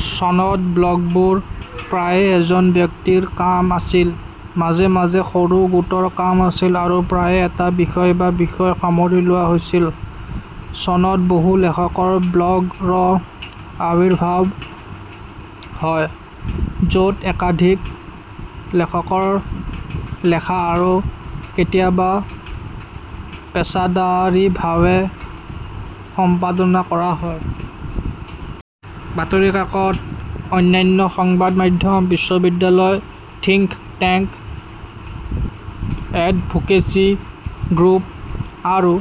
চনত ব্লগবোৰ প্ৰায়ে এজন ব্যক্তিৰ কাম আছিল, মাজে মাজে সৰু গোটৰ কাম আছিল আৰু প্ৰায়ে এটা বিষয় বা বিষয় সামৰি লোৱা হৈছিল। চনত বহু-লেখকৰ ব্লগ ৰ আৱিৰ্ভাৱ হয়, য'ত একাধিক লেখকৰ লেখা আৰু কেতিয়াবা পেছাদাৰীভাৱে সম্পাদনা কৰা হয়। বাতৰি কাকত, অন্যান্য সংবাদ মাধ্যম, বিশ্ববিদ্যালয়, থিংক টেংক, এডভোকেচি গ্ৰুপ, আৰু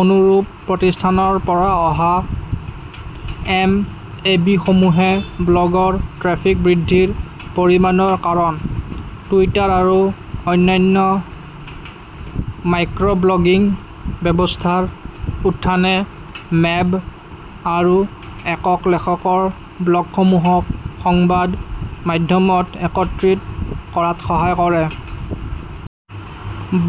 অনুৰূপ প্ৰতিষ্ঠানৰ পৰা অহা এমএবিসমূহে ব্লগৰ ট্ৰেফিক বৃদ্ধিৰ পৰিমাণৰ কাৰণ। টুইটাৰ আৰু অন্যান্য "মাইক্ৰ'ব্লগিং" ব্যৱস্থাৰ উত্থানে মেব আৰু একক-লেখকৰ ব্লগসমূহক সংবাদ মাধ্যমত একত্ৰিত কৰাত সহায় কৰে।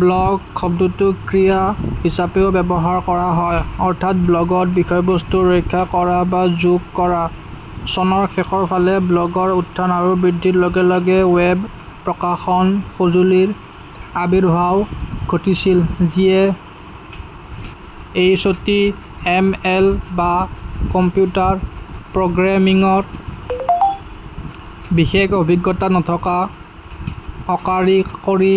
ব্লগ শব্দটো ক্ৰিয়া হিচাপেও ব্যৱহাৰ কৰা হয়, অৰ্থাৎ ব্লগত বিষয়বস্তু ৰক্ষা কৰা বা যোগ কৰা। চনৰ শেষৰ ফালে ব্লগৰ উত্থান আৰু বৃদ্ধিৰ লগে লগে ৱেব প্ৰকাশন সঁজুলিৰ আবিৰ্ভাৱ ঘটিছিল যিয়ে এইচটিএমএল বা কম্পিউটাৰ প্ৰগ্ৰেমিংৰ বিশেষ অভিজ্ঞতা নথকা অকাৰিকৰী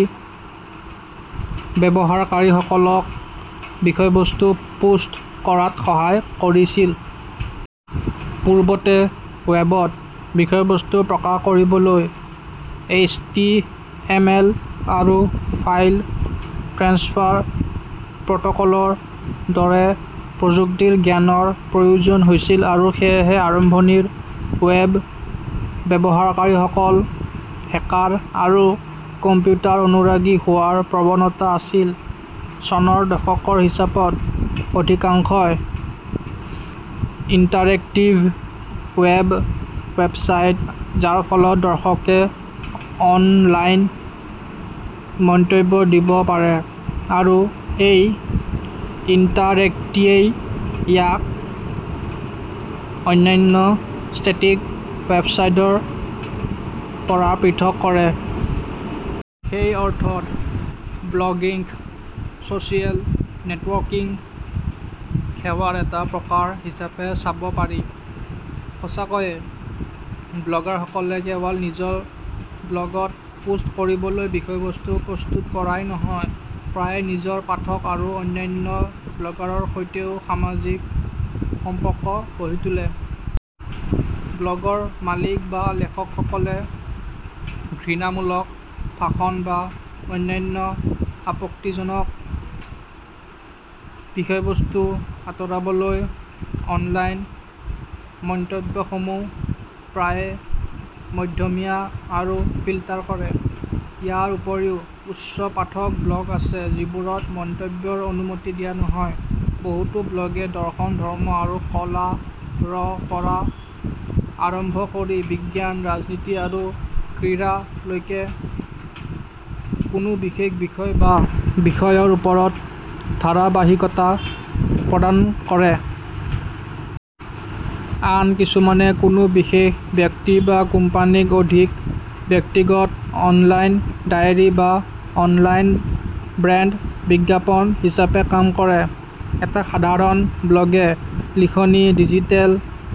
ব্যৱহাৰকাৰীসকলক বিষয়বস্তু পোষ্ট কৰাত সহায় কৰিছিল। পূৰ্বতে ৱেবত বিষয়বস্তু প্ৰকাশ কৰিবলৈ এইচটিএমএল আৰু ফাইল ট্ৰেন্সফাৰ প্ৰট'কলৰ দৰে প্ৰযুক্তিৰ জ্ঞানৰ প্ৰয়োজন হৈছিল আৰু সেয়েহে আৰম্ভণিৰ ৱেব ব্যৱহাৰকাৰীসকল হেকাৰ আৰু কম্পিউটাৰ অনুৰাগী হোৱাৰ প্ৰৱণতা আছিল। চনৰ দশকৰ হিচাপত অধিকাংশই ইণ্টাৰেক্টিভ ৱেব ৱেবছাইট, যাৰ ফলত দৰ্শকে অনলাইন মন্তব্য দিব পাৰে, আৰু এই ইণ্টাৰেক্টিটিয়েই ইয়াক অন্যান্য ষ্টেটিক ৱেবছাইটৰ পৰা পৃথক কৰে। সেই অৰ্থত ব্লগিংক ছ'চিয়েল নেটৱৰ্কিং সেৱাৰ এটা প্ৰকাৰ হিচাপে চাব পাৰি। সঁচাকৈয়ে ব্লগাৰসকলে কেৱল নিজৰ ব্লগত পোষ্ট কৰিবলৈ বিষয়বস্তু প্ৰস্তুত কৰাই নহয়, প্ৰায়ে নিজৰ পাঠক আৰু অন্যান্য ব্লগাৰৰ সৈতেও সামাজিক সম্পৰ্ক গঢ়ি তোলে। ব্লগৰ মালিক বা লেখকসকলে ঘৃণামূলক ভাষণ বা অন্যান্য আপত্তিজনক বিষয়বস্তু আঁতৰাবলৈ অনলাইন মন্তব্যসমূহ প্ৰায়ে মধ্যমীয়া আৰু ফিল্টাৰ কৰে। ইয়াৰ উপৰিও উচ্চ পাঠক ব্লগ আছে যিবোৰত মন্তব্যৰ অনুমতি দিয়া নহয়। বহুতো ব্লগে দৰ্শন, ধৰ্ম আৰু কলা ৰ পৰা আৰম্ভ কৰি বিজ্ঞান, ৰাজনীতি আৰু ক্ৰীড়া লৈকে কোনো বিশেষ বিষয় বা বিষয়ৰ ওপৰত ধাৰাবাহিকতা প্ৰদান কৰে। আন কিছুমানে কোনো বিশেষ ব্যক্তি বা কোম্পানীক অধিক ব্যক্তিগত অনলাইন ডায়েৰী বা অনলাইন ব্ৰেণ্ড বিজ্ঞাপন হিচাপে কাম কৰে। এটা সাধাৰণ ব্লগে লিখনী, ডিজিটেল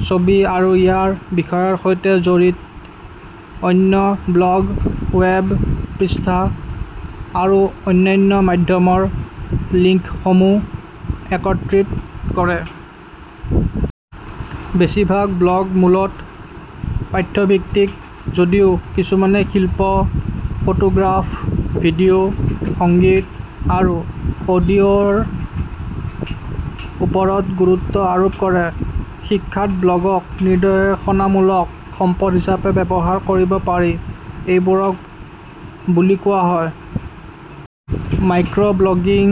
ছবি, আৰু ইয়াৰ বিষয়ৰ সৈতে জড়িত অন্য ব্লগ, ৱেব পৃষ্ঠা, আৰু অন্যান্য মাধ্যমৰ লিংকসমূহ একত্ৰিত কৰে। বেছিভাগ ব্লগ মূলতঃ পাঠ্যভিত্তিক যদিও কিছুমানে শিল্প, ফটোগ্ৰাফ, ভিডিঅ', সংগীত, আৰু অডিঅ' ৰ ওপৰত গুৰুত্ব আৰোপ কৰে। শিক্ষাত ব্লগক নিৰ্দেশনামূলক সম্পদ হিচাপে ব্যৱহাৰ কৰিব পাৰি; এইবোৰক বুলি কোৱা হয়। মাইক্ৰ'ব্লগিং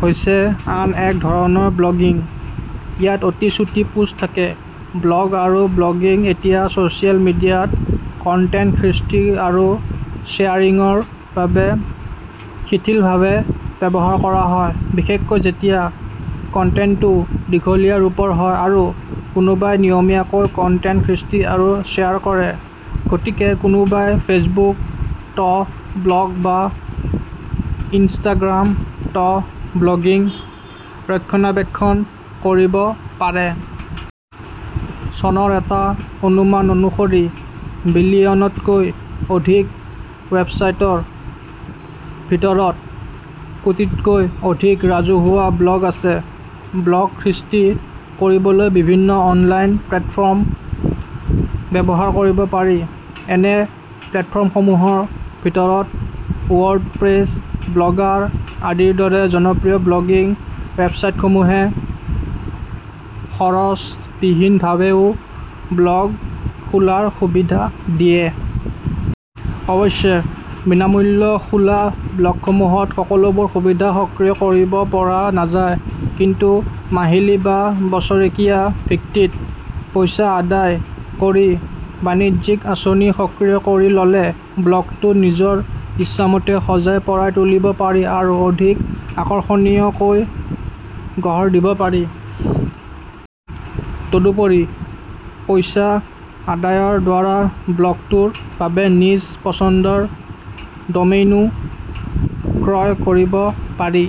হৈছে আন এক ধৰণৰ ব্লগিং, ইয়াত অতি চুটি পোষ্ট থাকে। ব্লগ আৰু ব্লগিং এতিয়া ছ'চিয়েল মিডিয়াত কণ্টেণ্ট সৃষ্টি আৰু শ্বেয়াৰিঙৰ বাবে শিথিলভাৱে ব্যৱহাৰ কৰা হয়, বিশেষকৈ যেতিয়া কণ্টেণ্টটো দীঘলীয়া ৰূপৰ হয় আৰু কোনোবাই নিয়মীয়াকৈ কণ্টেণ্ট সৃষ্টি আৰু শ্বেয়াৰ কৰে, গতিকে কোনোবাই ফেচবুক ত ব্লগ বা ইনষ্টাগ্ৰাম ত ব্লগিং ৰক্ষণাবেক্ষণ কৰিব পাৰে। চনৰ এটা অনুমান অনুসৰি বিলিয়নতকৈ অধিক ৱেবছাইটৰ ভিতৰত কোটিতকৈ অধিক ৰাজহুৱা ব্লগ আছে। ব্লগ সৃষ্টি কৰিবলৈ বিভিন্ন অনলাইন প্লে'টফৰ্ম ব্যৱহাৰ কৰিব পাৰি। এনে প্লে'টফৰ্মসমূহৰ ভিতৰত ৱৰ্ডপ্ৰেছ, ব্লগাৰ আদিৰ দৰে জনপ্ৰিয় ব্লগিং ৱেবচাইটসমূহে খৰচবিহীনভাৱেও ব্লগ খোলাৰ সুবিধা দিয়ে। অৱশ্যে বিনামূল্যে খোলা ব্লগসমূহত সকলোবোৰ সুবিধা সক্ৰিয় কৰিব পৰা নাযায়। কিন্তু মাহিলি বা বছৰেকীয়া ভিত্তিত পইছা আদায় কৰি বাণিজ্যিক আঁচনি সক্ৰিয় কৰি ল'লে ব্লগটো নিজৰ ইচ্ছামতে সজাই-পৰাই তুলিব পাৰি আৰু অধিক আকৰ্ষণীয়কৈ গঢ় দিব পাৰি। তদুপৰি পইছা আদায়ৰ দ্বাৰা ব্লগটোৰ বাবে নিজ পছন্দৰ ডমেইনো ক্ৰয় কৰিব পাৰি।